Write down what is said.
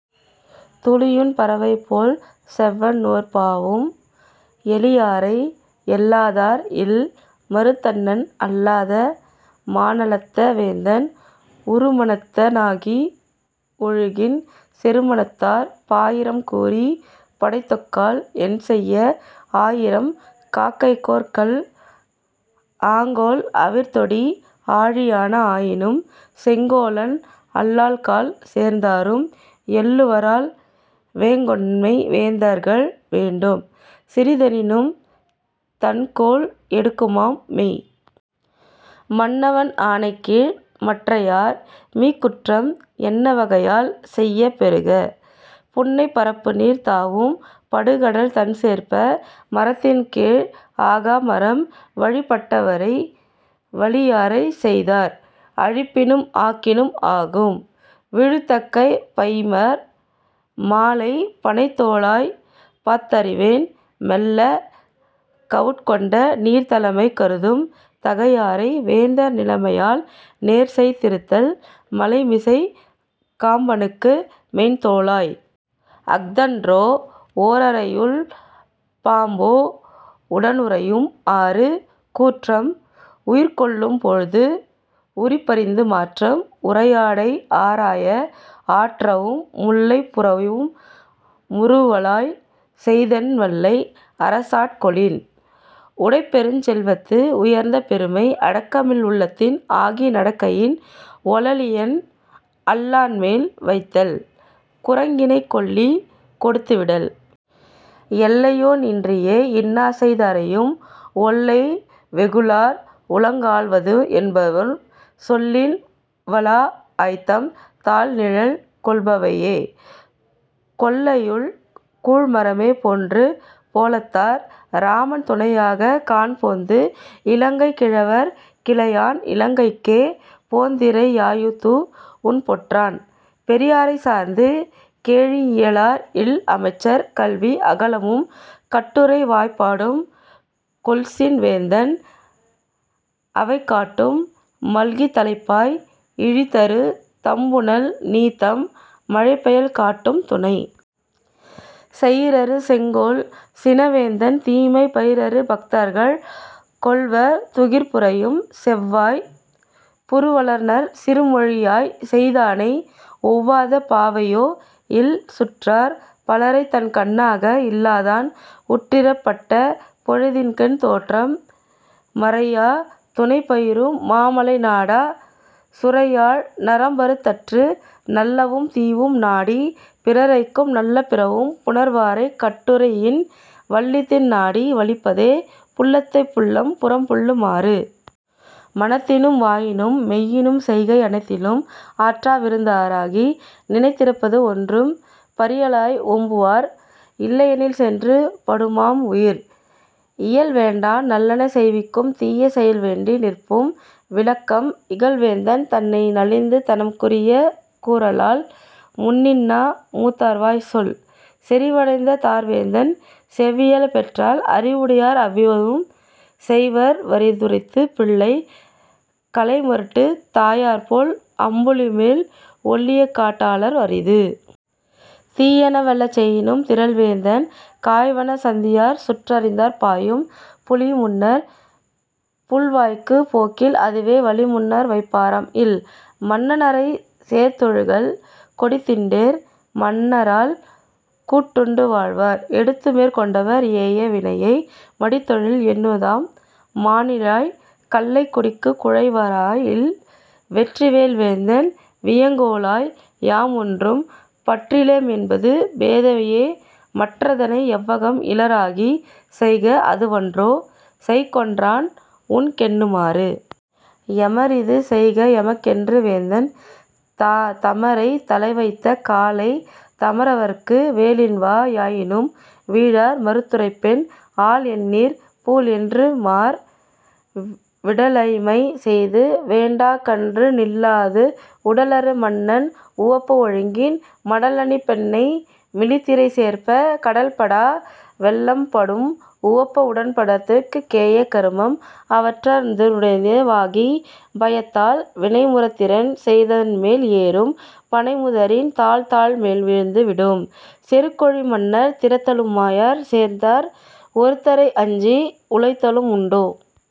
துளியுண் பறவைபோல் செவ்வன்நோற் பாவும் 'எளியாரை எள்ளாதார் இல்'. மறுத்தன்னன் அல்லாத மாநலத்த வேந்தன் உறுமனத்த னாகி ஒழுகின் செறுமனத்தார் பாயிரம் கூறிப் படைதொக்கால் என்செய்ய? 'ஆயிரம் காக்கைக்கோர் கல்'. ஆங்கோல் அவிர்தொடி! ஆழியான ஆயினும் செங்கோலன் அல்லாக்கால் சேர்ந்தாரும் எள்ளுவரால் வேங்கொன்மை வேந்தர்கள் வேண்டும் சிறிதெனினும் 'தண்கோல் எடுக்குமாம் மெய்'. மன்னவன் ஆணைக்கீழ் மற்றையார் மீக்குற்றம் என்ன வகையால் செயப் பெறுப? புன்னைப் பரப்புநீர் தாவும் படுகடல் தண்சேர்ப்ப! 'மரத்தின்கீழ் ஆகா மரம்'. வழிபட் டவரை வலியாரைச் செய்தார் அழிப்பினும் ஆக்கினும் ஆகும் விழுத்தக்க பைமர் மாலைப் பணைத்தோளாய்! பாத்தறிவென் மெல்லக் 'கவுட்கொண்ட நீர்'. தலைமை கருதும் தகையாரை வேந்தன் நிலைமையால் நேர்செய் திருத்தல் மலைமிசைக் காம்பனுக்கும் மென்தோளாய்! அஃதன்றோ 'ஓரறையுள் பாம்போ உடனுறையும் ஆறு'. கூற்றம் உயிர்கொள்ளும் போழ்து குறிப்பறிந்து மாற்றம் உடையாரை ஆராயா ஆற்றவும் முல்லை புரையும் முறுவலாய்! 'செய்தென் வல்லை அரசாட் கொளின்? ' உடைப்பெருஞ் செல்வத்து உயர்ந்த பெருமை அடக்கமில் உள்ளத்தின் ஆகி நடக்கையின் ஒளளியன் அல்லான்மேல் வைத்தல் 'குரங்கினைகைக் கொள்ளி கொடுத்து விடல்'. எல்லையொன் இன்றியே இன்னாசெய் தாரையும் ஒல்லை வெகுளார் உலகாள்வதும் என்பவர் சொல்லின் வளாஅய்த்தம் தாள்நிழல் கொள்பவையே 'கொல்லையுள் கூழ்மரமே போன்று'. போலந்தார் இராமன் துணையாகத் தான்போந்து இலங்கைக் கிழவற் இளையான் இலங்கைக்கே போந்திறை யாயதூஉம் பொற்றான் 'பெரியாரைச் சார்ந்து கெழீஇயிலார் இல்'.. அமைச்சர் கல்வி அகலமும் கட்டுரை வாய்பாடும் கொல்சின் வேந்தன் அவைகாட்டும் மல்கித் தலைப்பாய் இழிதரு தண்புனல் 'நீத்தம் மலைப்பெயல் காட்டும் துணை'. செயிரறு செங்கோல் சினவேந்தன் தீமை பயிரறு பக்த்தார்கள் கொள்வர் துகிர்புரையும் செவ்வாய் புறுவலநற் சிறுமொழியாய்! 'செய்தானை ஒவ்வாத பாவையோ இல்'. சுற்றார் பலரைத்தன் கண்ணாக இல்லாதான் உற்றிடர்ப் பட்ட பொழுதின்கண் தோற்றம் மரையா துணைபயிரும் மாமலை நாட! 'சுரையாழ் நரம்பறுத் தற்று'. நல்லவும் தீவும் நாடிப் பிறருரைக்கும் நல்ல பிறவும் உணர்வாரைக் கட்டுரையின் வல்லிதின் நாடி வலிப்பதே 'புல்லத்தைப் புல்லம் புறம்புல்லு மாறு'. மனத்தினும் வாயினும் மெய்யினும் செய்கை அனைத்தினும் ஆற்றாவிருந்தா ராகி நினைத்திருப்பது ஒன்றும் பரியலராய் 'ஓம்புவார் இல்லெனில் சென்று படுமாம் உயிர்'. செயல்வேண்டா நல்லன செய்விக்கும் தீய செயல்வேண்டி நிற்பின் விலக்கும் இகல்வேந்தன் தன்னை நலிந்து தனக்குறிய கூறலால் 'முன்னின்னா மூத்தார்வாய்ச் சொல்'. செறிவுடைத் தார்வேந்தன் செவ்வியல பெற்றால் அறிவுடையார் அவ்வியமும் செய்வர் வறிதுரைத்துப் பிள்ளை களைமருட்டும் தாயர்போல் அம்புலிமேல் 'ஒள்ளியகாட் டாளர்க் அரிது'. தீயன வல்ல செயினும் திறல்வேந்தன் காய்வன சந்தியார் சுற்றறிந்தார் பாயும் 'புலிமுன்னர் புல்வாய்க்குப் போக்கில் அதுவே வளிமுன்னர் வைப்பாரம் இல்'.. மன்னனரைச் சேர்ந்தொழுகல் கொடித்திண்டேர் மன்னரால் கூட்டுண்டு வாழ்வார் எடுத்துமேற் கொண்டவர் ஏய வினையை மடித்தொழில் என்னுவதாம்? மாணிழாய்! 'கள்ளைக் குடித்துக் குழைவாரா இல்'. வெற்றிவேல் வேந்தன் வியங்கொண்டால் யாமொன்றும் பெற்றிலேம் என்பது பேதைமையே மற்றதனை எவ்வம் இலராகிச் செய்க அதுவன்றோ 'செய்கொன்றான் உண்கென்னு மாறு'. எமரிது செய்க எமக்கென்று வேந்தன் தமரைத் தலைவைத்த காலைத் தமரவற்கு வேலின்வா யாயினும் வீழார் மறுத்துரைப்பின் 'ஆல்என்னிற் பூல்என்னு மாற்'. விடலைமை செய்து வேண்டாகன்று நில்லாது உடலரு மன்னர் உவப்ப ஒழுகின் மடலணி பெண்ணை மிலிதிரை சேர்ப்ப! 'கடல்படா வெல்லாம் படும்'. உவப்ப உடன்படுத்தற் கேய கருமம் அவற்றவற் றாந்துணைய வாகிப் பயத்தால் வினைமுதிரின் செய்தான்மேல் ஏறும் பனைமுதிரின் தாய்தாள்மேல் வீழ்ந்து விடும்'. செருக்கெழு மன்னர் திறலுடையார் சேர்ந்தார் ஒருத்தரை அஞ்சி உலைதலும் உண்டோ?